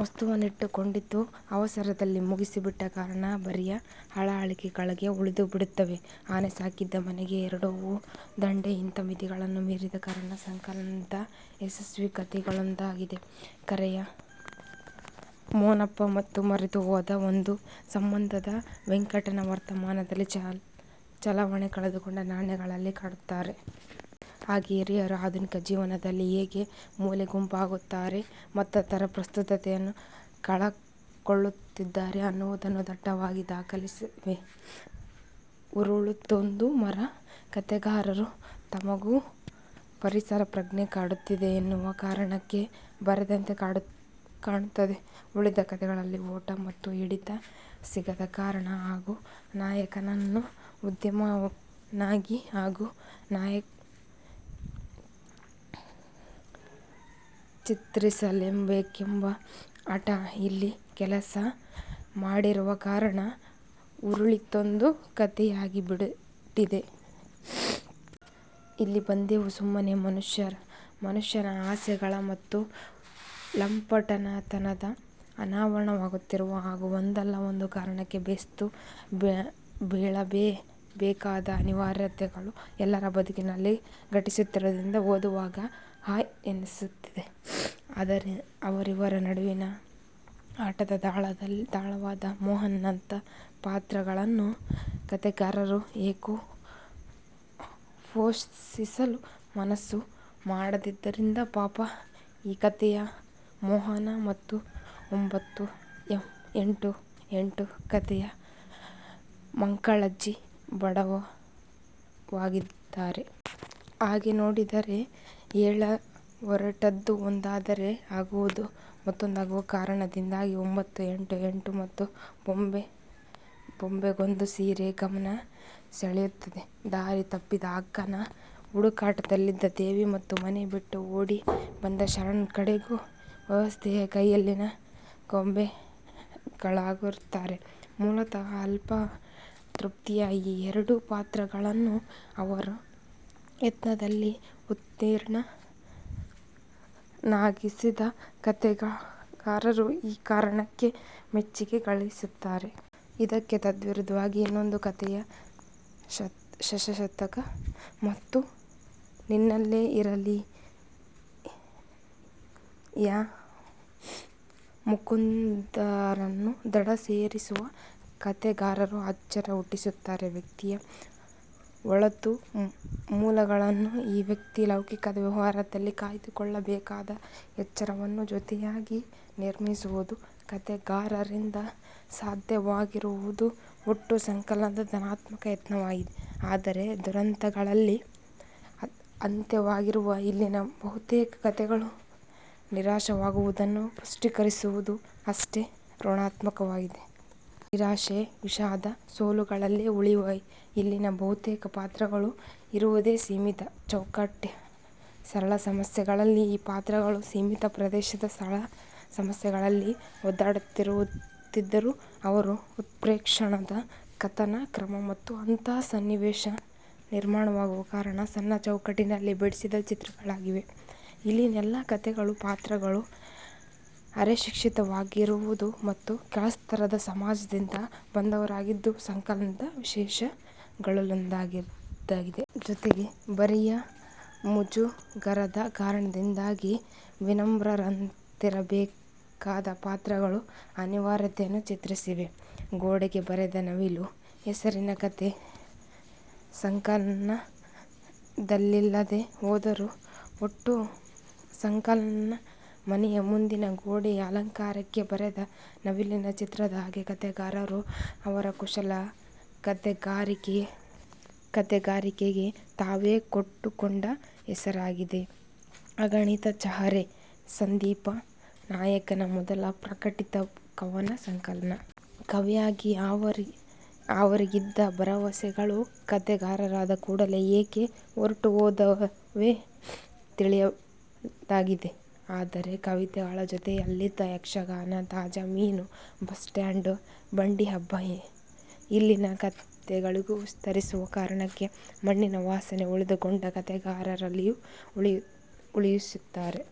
ವಸ್ತುವನ್ನಿಟ್ಟುಕೊಂಡಿದ್ದೂ ಅವಸರದಲ್ಲಿ ಮುಗಿಸಿಬಿಟ್ಟ ಕಾರಣ ಬರಿಯ ಹಳಹಳಿಕೆಗಳಾಗೇ ಉಳಿದುಬಿಡುತ್ತವೆ. 'ಆನೆ ಸಾಕಿದ ಮನೆಗೆ ಎರಡು ಹೂ ದಂಡೆ' ಇಂಥ ಮಿತಿಗಳನ್ನು ಮೀರಿದ ಕಾರಣ ಸಂಕಲನದ ಯಶಸ್ವೀ ಕತೆಗಳಲ್ಲೊಂದಾಗಿದೆ. 'ಕರೆ'ಯ ಮೋನಪ್ಪ ಮತ್ತು 'ಮರೆತು ಹೋದ ಒಂದು ಸಂಬಂಧ'ದ ವೆಂಕಟಣ್ಣ ವರ್ತಮಾನದಲ್ಲಿ ಚಲಾವಣೆ ಕಳಕೊಂಡ ನಾಣ್ಯಗಳಾಗಿ ಕಾಡುತ್ತಾರೆ. ಹಾಗೆಯೇ ಹಿರಿಯರು ಆಧುನಿಕ ಜೀವನದಲ್ಲಿ ಹೇಗೆ ಮೂಲೆಗುಂಪಾಗುತ್ತಿದ್ದಾರೆ ಮತ್ತವರ ಪ್ರಸ್ತುತತೆಯನ್ನೇ ಕಳಕೊಳ್ಳುತ್ತಿದ್ದಾರೆ ಅನ್ನುವುದನ್ನೂ ದಟ್ಟವಾಗಿ ದಾಖಲಿಸಿವೆ. 'ಉರುಳಿತೊಂದು ಮರ' ಕತೆಗಾರರು ತಮಗೂ ಪರಿಸರ ಪ್ರಜ್ಞೆ ಕಾಡುತ್ತಿದೆ ಎನ್ನುವ ಕಾರಣಕ್ಕೆ ಬರೆದಂತೆ ಕಾಣುತ್ತದೆ. ಉಳಿದ ಕತೆಗಳಲ್ಲಿರುವ 'ಓಟ' ಮತ್ತು ಹಿಡಿತ ಸಿಗದ ಕಾರಣ ಹಾಗೂ ನಾಯಕನನ್ನು ಉದ್ಧಾಮನನ್ನಾಗಿ ಚಿತ್ರಿಸಲೇಬೇಕೆಂಬ ಹಟ ಇಲ್ಲಿ ಕೆಲಸ ಮಾಡಿರುವ ಕಾರಣ 'ಉರುಳಿತೊಂದು ಕತೆ'ಯಾಗಿಬಿಟ್ಟಿದೆ. 'ಇಲ್ಲಿ ಬಂದೆವು ಸುಮ್ಮನೆ' ಮನುಷ್ಯನ ಆಸೆಗಳ ಮತ್ತು ಲಂಪಟತನದ ಅನಾವರಣವಾಗಿರುವುದರಿಂದ ಹಾಗೂ ಒಂದಲ್ಲ ಒಂದು ಕಾರಣಕ್ಕೆ ಬೇಸ್ತು ಬೀಳಲೇಬೇಕಾದ ಅನಿವಾರ್ಯತೆಗಳು ಎಲ್ಲರ ಬದುಕಿನಲ್ಲೂ ಘಟಿಸುವುದರಿಂದ ಓದುವಾಗ ಹಾಯೆನ್ನಿಸುತ್ತದೆ. ಅವರಿವರ ನಡುವಿನ ಆಟದ ದಾಳವಾದ ಮೋಹನನಂಥ ಪಾತ್ರಗಳನ್ನು ಕತೆಗಾರರು ಏಕೋ ಪೋಷಿಸಲು ಮನಸ್ಸು ಮಾಡದ್ದರಿಂದ ಪಾಪ ಈ ಕತೆಯ ಮೋಹನ ಮತ್ತು 'ಒಂಭತ್ತು, ಎಂಟು, ಎಂಟು' ಕತೆಯ ಮಂಕಾಳಜ್ಜಿ ಬಡವಾಗಿದ್ದಾರೆ. ಹಾಗೆ ನೋಡಿದರೆ ಹೇಳಹೊರಟದ್ದು ಒಂದಾದರೆ ಆಗುವುದು ಮತ್ತೊಂದಾಗುವ ಕಾರಣದಿಂದಾಗಿ 'ಒಂಭತ್ತು, ಎಂಟು, ಎಂಟು' ಮತ್ತು'ಬೊಂಬೆಗೊಂದು ಸೀರೆ' ಗಮನ ಸೆಳೆಯುತ್ತವೆ. ದಾರಿ ತಪ್ಪಿದ ಅಕ್ಕನ ಹುಡುಕಾಟದಲ್ಲಿನ ದೇವಿ ಮತ್ತು ಮನೆ ಬಿಟ್ಟು ಓಡಿ ಬಂದ ಶರಣ್ ಕಡೆಗೂ ವ್ಯವಸ್ಥೆಯ ಕೈಯಲ್ಲಿನ ಗೊಂಬೆಗಳಾಗುತ್ತಾರೆ. ಮೂಲತಃ ಅಲ್ಪತೃಪ್ತಿಯ ಈ ಎರಡೂ ಪಾತ್ರಗಳನ್ನೂ ಅವರ ಯತ್ನದಲ್ಲಿ ಉತ್ತೀರ್ಣರನ್ನಾಗಿಸದ ಕತೆಗಾರರು ಆ ಕಾರಣಕ್ಕೇ ಮೆಚ್ಚುಗೆ ಗಳಿಸುತ್ತಾರೆ. ಇದಕ್ಕೆ ತದ್ವಿರುದ್ಧವಾಗಿ 'ಇನ್ನೊಂದೇ ಕಥೆ'ಯ ಶಶಕ್ಕ ಮತ್ತು 'ನಿನ್ನಲ್ಲೇ ಇರಲಿ'ಯ ಮುಕುಂದರನ್ನು ದಡ ಸೇರಿಸುವ ಕತೆಗಾರರು ಆಶ್ಚರ್ಯ ಹುಟ್ಟಿಸುತ್ತಾರೆ. ವ್ಯಕ್ತಿಯ ಒಳತುಮುಲಗಳನ್ನು ಆ ವ್ಯಕ್ತಿ ಲೌಕಿಕದ ವ್ಯವಹಾರಗಳಲ್ಲಿ ಕಾಯ್ದುಕೊಳ್ಳಬೇಕಾದ ಎಚ್ಚರವನ್ನೂ ಜೊತೆಜೊತೆಯಾಗಿ ನಿರ್ವಹಿಸುವುದು ಕತೆಗಾರರಿಂದ ಸಾಧ್ಯವಾಗಿರುವುದು ಒಟ್ಟೂ ಸಂಕಲನದ ಧನಾತ್ಮಕ ಯತ್ನವಾಗಿದೆ. ಆದರೆ ದುರಂತಗಳಲ್ಲೇ ಅಂತ್ಯವಾಗುವ ಇಲ್ಲಿನ ಬಹುತೇಕ ಕತೆಗಳು ನಿರಾಶವಾದವನ್ನು ಪುಷ್ಟೀಕರಿಸುವುದು ಅಷ್ಟೇ ಋಣಾತ್ನಕವಾಗಿದೆ. ನಿರಾಶೆ, ವಿಷಾದ, ಸೋಲುಗಳಲ್ಲೇ ಉಳಿಯುವ ಇಲ್ಲಿನ ಬಹುತೇಕ ಪಾತ್ರಗಳು ಇರುವುದೇ ಸೀಮಿತ ಚೌಕಟ್ಟಿನ ಸರಳ ಸಮಸ್ಯೆಗಳಲ್ಲಿ. ಈ ಪಾತ್ರಗಳು ಸೀಮಿತ ಪ್ರದೇಶದ ಸರಳ ಸಮಸ್ಯೆಗಳಲ್ಲಿ ಒದ್ದಾಡುತ್ತಿದ್ದರೂ ಅವನ್ನು ಉತ್ಪ್ರೇಕ್ಷಿಸದ ಕಥನ ಕ್ರಮ ಮತ್ತು ಅಂಥ ಸನ್ನಿವೇಶ ನಿರ್ಮಾಣದ ಕಾರಣ ಸಣ್ಣ ಚೌಕಟ್ಟಿನಲ್ಲಿ ಬಿಡಿಸಿಟ್ಟ ಚಿತ್ರಗಳಾಗಿವೆ. ಇಲ್ಲಿನ ಎಲ್ಲ ಕತೆಗಳ ಪಾತ್ರಗಳೂ ಅರೆಶಿಕ್ಷಿತರಾಗಿರುವುದು ಮತ್ತು ಕೆಳಸ್ತರದ ಸಮಾಜದಿಂದ ಬಂದವರಾಗಿರುವುದೂ ಸಂಕಲನದ ವಿಶೇಷಗಳಲ್ಲೊಂದಾಗಿದೆ. ಜೊತೆಗೇ ಬರಿಯ ಮುಜುಗರದ ಕಾರಣದಿಂದಾಗಿ ವಿನಮ್ರರಂತಿರಬೇಕಾದ ಪಾತ್ರಗಳ ಅನಿವಾರ್ಯತೆಯನ್ನೂ ಚಿತ್ರಿಸಿದೆ. 'ಗೋಡೆಗೆ ಬರೆದ ನವಿಲು' ಹೆಸರಿನ ಕತೆ ಸಂಕಲನದಲ್ಲಿಲ್ಲದೇ ಹೋದರೂ ಒಟ್ಟು ಸಂಕಲನ ಮನೆಯ ಮುಂದಿನ ಗೋಡೆಯ ಅಲಂಕಾರಕ್ಕೆ ಬರೆದ ನವಿಲಿನ ಚಿತ್ರದ ಹಾಗೆ ಕತೆಗಾರರು ಅವರ ಕುಶಲ ಕತೆಗಾರಿಕೆಗೆ ತಾವೇ ಕೊಟ್ಟುಕೊಂಡ ಹೆಸರಾಗಿದೆ. 'ಅಗಣಿತ ಚಹರೆ' ಸಂದೀಪ ನಾಯಕರ ಮೊದಲ ಪ್ರಕಟಿತ ಕವನ ಸಂಕಲನ. ಕವಿಯಾಗಿ ಅವರಿಗಿದ್ದ ಭರವಸೆಗಳು ಕತೆಗಾರರಾದ ಕೂಡಲೇ ಏಕೆ ಹೊರಟುಹೋದವೋ ತಿಳಿಯದಾಗಿದೆ. ಆದರೆ ಕವಿತೆಗಳ ಜೊತೆಯಲ್ಲಿದ್ದ ಯಕ್ಷಗಾನ, ತಾಜಾ ಮೀನು, ಬಸ್ ಸ್ಟಾಂಡು, ಬಂಡಿಹಬ್ಬ ಇಲ್ಲಿನ ಕತೆಗಳಿಗೂ ವಿಸ್ತರಿಸಿರುವ ಕಾರಣಕ್ಕೆ 'ಮಣ್ಣಿನ ವಾಸನೆ'ಉಳಿಸಿಕೊಂಡ ಕತೆಗಾರರಾಗಿಯೂ ಉಳಿಯುತ್ತಾರೆ.